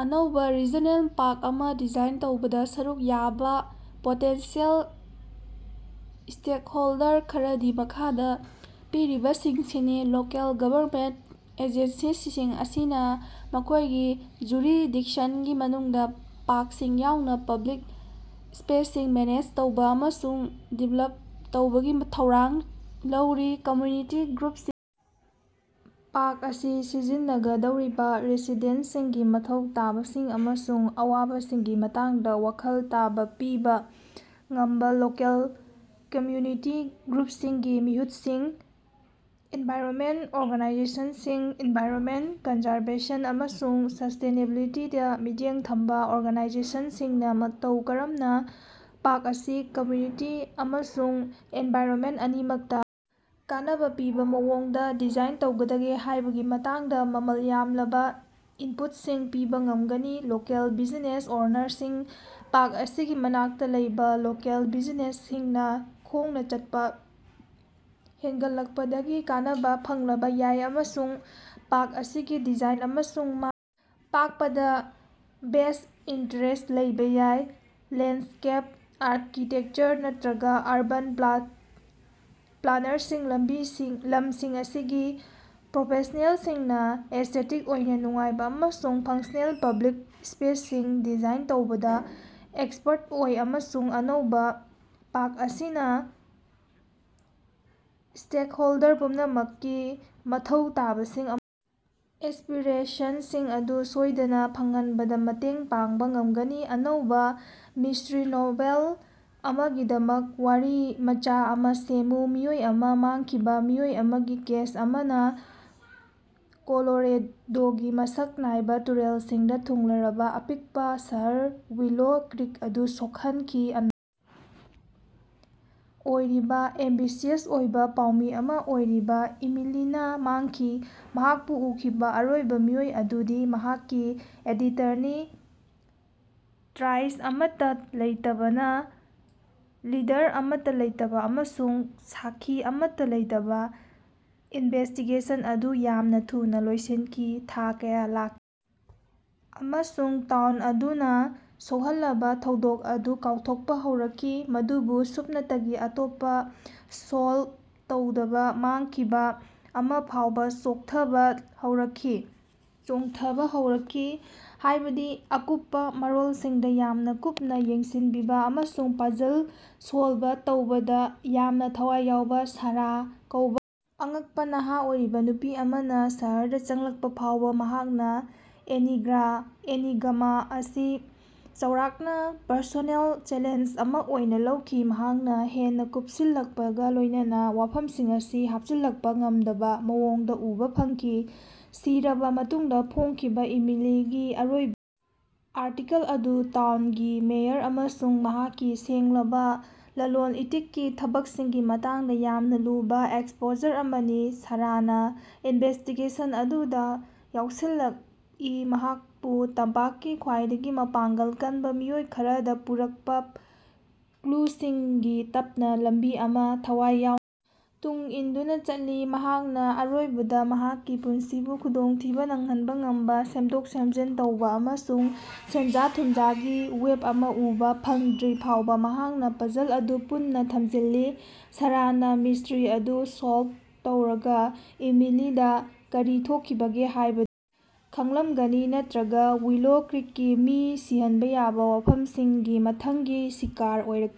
ꯑꯅꯧꯕꯥ regional park ꯑꯃꯥ design ꯇꯧꯕꯗꯥ ꯁꯔꯨꯛ ꯌꯥꯕꯥ ꯄꯣꯇꯦꯟꯁꯤꯑꯦꯜ ꯁ꯭ꯇꯦꯛꯍꯣꯜꯗꯔ ꯈꯔꯗꯤ ꯃꯈꯥꯗꯥ ꯄꯤꯔꯤꯕꯁꯤꯡꯁꯤꯅꯤ꯫ ꯂꯣꯀꯦꯜ ꯒꯕꯔꯅꯃꯦꯟꯇ ꯑꯦꯖꯦꯟꯁꯤꯁꯤꯡ ꯑꯁꯤꯅꯥ ꯃꯈꯣꯏꯒꯤ ꯖꯨꯔꯤꯁꯗꯤꯛꯁꯟꯒꯤ ꯃꯅꯨꯡꯗꯥ ꯄꯥꯔꯛꯁꯤꯡ ꯌꯥꯎꯅꯥ ꯄꯕ꯭ꯂꯤꯛ ꯁ꯭ꯄꯦꯁꯁꯤꯡ ꯃꯦꯅꯦꯖ ꯇꯧꯕ ꯑꯃꯁꯨꯡ ꯗꯤꯚꯦꯂꯞ ꯇꯧꯕꯒꯤ ꯊꯧꯗꯥꯡ ꯂꯧꯔꯤ꯫ ꯀꯝꯌꯨꯅꯤꯇꯤ ꯒ꯭ꯔꯨꯄꯁꯤꯡ ꯄꯥꯔꯛ ꯑꯁꯤ ꯁꯤꯖꯤꯟꯅꯒꯗꯧꯔꯤꯕ ꯔꯦꯁꯤꯗꯦꯟꯇꯁꯤꯡꯒꯤ ꯃꯊꯧ ꯇꯥꯕꯁꯤꯡ ꯑꯃꯁꯨꯡ ꯑꯋꯥꯕꯁꯤꯡꯒꯤ ꯃꯇꯥꯡꯗꯥ ꯋꯥꯈꯜ ꯇꯥꯕ ꯄꯤꯕꯥ ꯉꯝꯕ ꯂꯣꯀꯦꯜ ꯀꯝꯌꯨꯅꯤꯇꯤ ꯒ꯭ꯔꯨꯄꯁꯤꯡꯒꯤ ꯃꯤꯍꯨꯠꯁꯤꯡ꯫ꯑꯦꯟꯚꯥꯏꯔꯣꯃꯦꯟꯠ ꯑꯣꯔꯒꯥꯅꯥꯏꯖꯦꯁꯟꯁꯤꯡ ꯑꯦꯟꯚꯥꯏꯔꯣꯃꯦꯟꯠ ꯀꯟꯖꯥꯔꯕꯦꯁꯟ ꯑꯃꯁꯨꯡ ꯁꯁ꯭ꯇꯦꯅꯦꯕꯤꯂꯤꯇꯤꯗꯥ ꯃꯤꯠꯌꯦꯡ ꯊꯝꯕ ꯑꯣꯔꯒꯥꯅꯥꯏꯖꯦꯁꯟꯁꯤꯡꯅꯥ ꯃꯇꯧ ꯀꯔꯝꯅꯥ ꯄꯥꯔꯛ ꯑꯁꯤ ꯀꯝꯌꯨꯅꯤꯇꯤ ꯑꯃꯁꯨꯡ ꯑꯦꯟꯚꯥꯏꯔꯣꯃꯦꯟꯠ ꯑꯅꯤꯃꯛꯇꯥ ꯀꯥꯟꯅꯕꯥ ꯄꯤꯕ ꯃꯑꯣꯡꯗꯥ ꯗꯤꯖꯥꯏꯟ ꯇꯧꯒꯗꯒꯦ ꯍꯥꯏꯕꯒꯤ ꯃꯇꯥꯡꯗꯥ ꯃꯃꯜ ꯌꯥꯝꯂꯕꯥ ꯏꯟꯄꯨꯠꯁꯤꯡ ꯄꯤꯕꯥ ꯉꯝꯒꯅꯤ꯫ ꯂꯣꯀꯦꯜ ꯕꯤꯖꯤꯅꯦꯁ ꯑꯣꯅꯔꯁꯤꯡ ꯄꯥꯔꯛ ꯑꯁꯤꯒꯤ ꯃꯅꯥꯛꯇꯥ ꯂꯩꯕ ꯂꯣꯀꯦꯜ ꯕꯤꯖꯤꯅꯦꯁꯁꯤꯡꯅꯥ ꯈꯣꯡꯅꯥ ꯆꯠꯄꯥ ꯍꯦꯟꯒꯠꯂꯛꯄꯗꯒꯤ ꯀꯥꯟꯅꯕꯥ ꯐꯪꯂꯕ ꯌꯥꯏ ꯑꯃꯁꯨꯡ ꯄꯥꯔꯛ ꯑꯁꯤꯒꯤ ꯗꯤꯖꯥꯏꯟ ꯑꯃꯁꯨꯡ ꯃꯥꯏ ꯄꯥꯛꯄꯗꯥ ꯚꯦꯁ꯭ꯠ ꯏꯟꯇꯔꯦꯁ꯭ꯠ ꯂꯩꯕ ꯌꯥꯏ꯫ ꯂꯦꯟꯁ꯭ꯀꯦꯞ ꯑꯥꯔꯀꯤꯇꯦꯛꯆꯔ ꯅꯠꯇ꯭ꯔꯒ ꯑꯔꯕꯥꯟ ꯄ꯭ꯂꯥꯅꯔꯁꯤꯡ ꯂꯝꯁꯤꯡ ꯑꯁꯤꯒꯤ ꯄ꯭ꯔꯣꯐꯦꯁ꯭ꯅꯦꯜꯁꯤꯡꯅꯥ ꯑꯦꯁ꯭ꯇꯦꯇꯤꯛ ꯑꯣꯏꯅ ꯅꯨꯡꯉꯥꯏꯕ ꯑꯃꯁꯨꯡ ꯐꯪꯡꯁ꯭ꯅꯦꯜ ꯄꯕ꯭ꯂꯤꯛ ꯁ꯭ꯄꯦꯁꯁꯤꯡ ꯗꯤꯖꯥꯏꯟ ꯇꯧꯕꯗꯥ ꯑꯦꯛꯁꯄꯔꯠ ꯑꯣꯏ ꯑꯃꯁꯨꯡ ꯑꯅꯧꯕ ꯄꯥꯔꯛ ꯑꯁꯤꯅꯥ ꯁ꯭ꯇꯦꯀꯍꯣꯜꯗꯔ ꯄꯨꯝꯅꯃꯛꯀꯤ ꯃꯊꯧ ꯇꯥꯕꯁꯤꯡ ꯑꯃ ꯑꯦꯁ꯭ꯄꯤꯔꯦꯁꯟꯁꯤꯡ ꯑꯗꯨ ꯁꯣꯏꯗꯅꯥ ꯐꯪꯍꯟꯕꯗꯥ ꯃꯇꯦꯡ ꯄꯥꯡꯕ ꯉꯝꯒꯅꯤ꯫ ꯑꯅꯧꯕꯥ ꯃꯤꯁ꯭ꯠꯔꯤ ꯅꯣꯚꯦꯜ ꯑꯃꯥꯒꯤꯗꯃꯛ ꯋꯥꯔꯤꯃꯆꯥ ꯑꯃꯥ ꯁꯦꯝꯃꯨ꯫ ꯃꯤꯑꯣꯏ ꯑꯃꯥ ꯃꯥꯡꯈꯤꯕ ꯃꯤꯑꯣꯏ ꯑꯃꯒꯤ ꯀꯦꯁ ꯑꯃꯅꯥ ꯀꯣꯂꯣꯔꯦꯗꯣꯒꯤ ꯃꯁꯛ ꯅꯥꯏꯕ ꯇꯨꯔꯦꯜꯁꯤꯡꯗꯥ ꯊꯨꯡꯂꯔꯕꯥ ꯑꯄꯤꯛꯄꯥ ꯁꯍꯔ ꯋꯤꯂꯣ ꯀ꯭ꯔꯤꯛ ꯑꯗꯨ ꯁꯣꯛꯍꯟꯈꯤ꯫ ꯑꯣꯏꯔꯤꯕꯥ, ꯑꯦꯝꯕꯤꯁꯤꯌꯁ ꯑꯣꯏꯕ ꯄꯥꯎꯃꯤ ꯑꯃꯥ ꯑꯣꯏꯔꯤꯕ ꯏꯃꯤꯂꯤꯅꯥ ꯃꯥꯡꯈꯤ꯫ ꯃꯍꯥꯛꯄꯨ ꯎꯈꯤꯕꯥ ꯑꯔꯣꯏꯕ ꯃꯤꯑꯣꯏ ꯑꯗꯨꯗꯤ ꯃꯍꯥꯛꯀꯤ ꯑꯦꯗꯤꯇꯔꯅꯤ꯫ ꯇ꯭ꯔꯦꯏꯁ ꯑꯃꯠꯇꯥ ꯂꯩꯇꯕꯅꯥ, ꯂꯤꯗꯔ ꯑꯃꯠꯇꯥ ꯂꯩꯇꯕ, ꯑꯃꯁꯨꯡ ꯁꯥꯛꯈꯤ ꯑꯃꯠꯇꯥ ꯂꯩꯇꯕ ꯏꯅꯚꯦꯁ꯭ꯇꯤꯒꯦꯁꯟ ꯑꯗꯨ ꯌꯥꯝꯅ ꯊꯨꯅꯥ ꯂꯣꯏꯁꯤꯟꯈꯤ꯫ ꯊꯥ ꯀꯌꯥ ꯂꯥꯛ ꯑꯃꯁꯨꯡ ꯇꯥꯎꯟ ꯑꯗꯨꯅꯥ ꯁꯣꯛꯍꯜꯂꯕꯥ ꯊꯧꯗꯣꯛ ꯑꯗꯨ ꯀꯥꯎꯊꯣꯛꯄꯥ ꯍꯧꯔꯛꯈꯤ, ꯃꯗꯨꯕꯨ ꯁꯨꯞꯅꯇꯒꯤ ꯑꯇꯣꯞꯄꯥ ꯁꯣꯜꯕ ꯇꯧꯗꯕꯥ ꯃꯥꯡꯈꯤꯕꯥ ꯑꯃꯥ ꯐꯥꯎꯕꯥ ꯆꯣꯡꯊꯕꯥ ꯍꯧꯔꯛꯈꯤ꯫ ꯍꯥꯏꯕꯗꯤ ꯑꯀꯨꯞꯄꯥ ꯃꯔꯣꯜꯁꯤꯡꯗꯥ ꯌꯥꯝꯅ ꯀꯨꯞꯅꯥ ꯌꯦꯡꯁꯤꯟꯕꯤꯕꯥ, ꯑꯃꯁꯨꯡ ꯄꯥꯖꯜ ꯁꯣꯜꯕ ꯇꯧꯕꯗꯥ ꯌꯥꯝꯅꯥ ꯊꯋꯥꯏ ꯌꯥꯎꯕꯥ ꯁꯥꯔꯥ ꯀꯧꯕ ꯑꯉꯛꯄꯥ ꯅꯍꯥ ꯑꯣꯏꯔꯤꯕ ꯅꯨꯄꯤ ꯑꯃꯅꯥ ꯁꯍꯔꯗꯥ ꯆꯪꯂꯛꯄꯥ ꯐꯥꯎꯕ꯫ ꯃꯍꯥꯛꯅꯥ ꯑꯦꯅꯤꯒ꯭ꯃꯥ ꯑꯁꯤ ꯆꯥꯎꯔꯥꯛꯅꯥ ꯄꯔꯁꯣꯅꯦꯜ ꯆꯦꯂꯦꯟꯖ ꯑꯃꯥ ꯑꯣꯏꯅꯥ ꯂꯧꯈꯤ꯫ ꯃꯍꯥꯛꯅꯥ ꯍꯦꯟꯅꯥ ꯀꯨꯄꯁꯤꯜꯂꯛꯄꯒꯥ ꯂꯣꯏꯅꯅꯥ ꯋꯥꯐꯝꯁꯤꯡ ꯑꯁꯤ ꯍꯥꯞꯆꯤꯜꯂꯛꯄꯥ ꯉꯝꯗꯕꯥ ꯃꯑꯣꯡꯗꯥ ꯎꯕꯥ ꯐꯪꯈꯤ꯫ ꯁꯤꯔꯕꯥ ꯃꯇꯨꯡꯗꯥ ꯐꯣꯡꯈꯤꯕꯥ ꯏꯃꯤꯂꯤꯒꯤ ꯑꯔꯣꯏ ꯑꯥꯔꯇꯤꯀꯜ ꯑꯗꯨ ꯇꯥꯎꯅꯒꯤ ꯃꯦꯌꯔ ꯑꯃꯁꯨꯡ ꯃꯍꯥꯛꯀꯤ ꯁꯦꯡꯂꯕꯥ ꯂꯂꯣꯟ ꯏꯇꯤꯛꯀꯤ ꯊꯕꯛꯁꯤꯡꯒꯤ ꯃꯇꯥꯡꯗꯥ ꯌꯥꯝꯅ ꯂꯨꯕꯥ ꯑꯦꯛꯁꯄꯣꯖꯔ ꯑꯃꯅꯤ꯫ ꯁꯥꯔꯥꯅꯥ ꯏꯅꯚꯦꯁ꯭ꯇꯤꯒꯦꯁꯟ ꯑꯗꯨꯗꯥ ꯌꯥꯎꯁꯤꯜꯂꯛꯏ, ꯃꯍꯥꯀꯄꯨ ꯇꯝꯄꯥꯛꯀꯤ ꯈ꯭ꯋꯥꯏꯗꯒꯤ ꯃꯄꯥꯉ꯭ꯡꯒꯜ ꯀꯟꯕꯥ ꯃꯤꯑꯣꯏ ꯈꯔꯗꯥ ꯄꯨꯔꯛꯄꯥ ꯀ꯭ꯂꯨꯁꯤꯡꯒꯤ ꯇꯞꯅꯥ ꯂꯝꯕꯤ ꯑꯃꯥ ꯊꯋꯥꯏ ꯌꯥꯎꯅꯥ ꯇꯨꯡ ꯏꯟꯗꯨꯅꯥ ꯆꯠꯂꯤ꯫ ꯃꯍꯥꯛꯅꯥ ꯑꯔꯣꯏꯕꯗꯥ ꯃꯍꯥꯛꯀꯤ ꯄꯨꯟꯁꯤꯕꯨ ꯈꯨꯗꯣꯡꯊꯤꯕꯥ ꯅꯪꯍꯟꯕꯥ ꯉꯝꯕꯥ, ꯁꯦꯝꯗꯣꯛ-ꯁꯦꯝꯖꯤꯟ ꯇꯧꯕ ꯑꯃꯁꯨꯡ ꯁꯦꯟꯖꯥ-ꯊꯨꯝꯖꯥꯒꯤ ꯋꯦꯕ ꯑꯃꯥ ꯎꯕꯥ ꯐꯪꯗ꯭ꯔꯤ ꯐꯥꯎꯕꯥ ꯃꯍꯥꯛꯅꯥ ꯄꯥꯖꯜ ꯑꯗꯨ ꯄꯨꯟꯅꯥ ꯊꯝꯖꯤꯜꯂꯤ꯫ ꯁꯥꯔꯥꯅꯥ ꯃꯤꯁ꯭ꯠꯔꯤ ꯑꯗꯨ ꯁꯣꯜꯕ ꯇꯧꯔꯒꯥ ꯏꯃꯤꯂꯤꯗꯥ ꯀꯔꯤ ꯊꯣꯛꯈꯤꯕꯒꯦ ꯍꯥꯏꯕ ꯈꯪꯂꯝꯒꯅꯤ ꯅꯠꯇ꯭ꯔꯒꯥ ꯋꯤꯂꯣ ꯀ꯭ꯔꯤꯛꯀꯤ ꯃꯤ ꯁꯤꯍꯟꯕꯥ ꯌꯥꯕ ꯋꯥꯐꯝꯁꯤꯡꯒꯤ ꯃꯊꯪꯒꯤ ꯁꯤꯀꯥꯔ ꯑꯣꯏꯔꯛꯀꯅꯤ꯫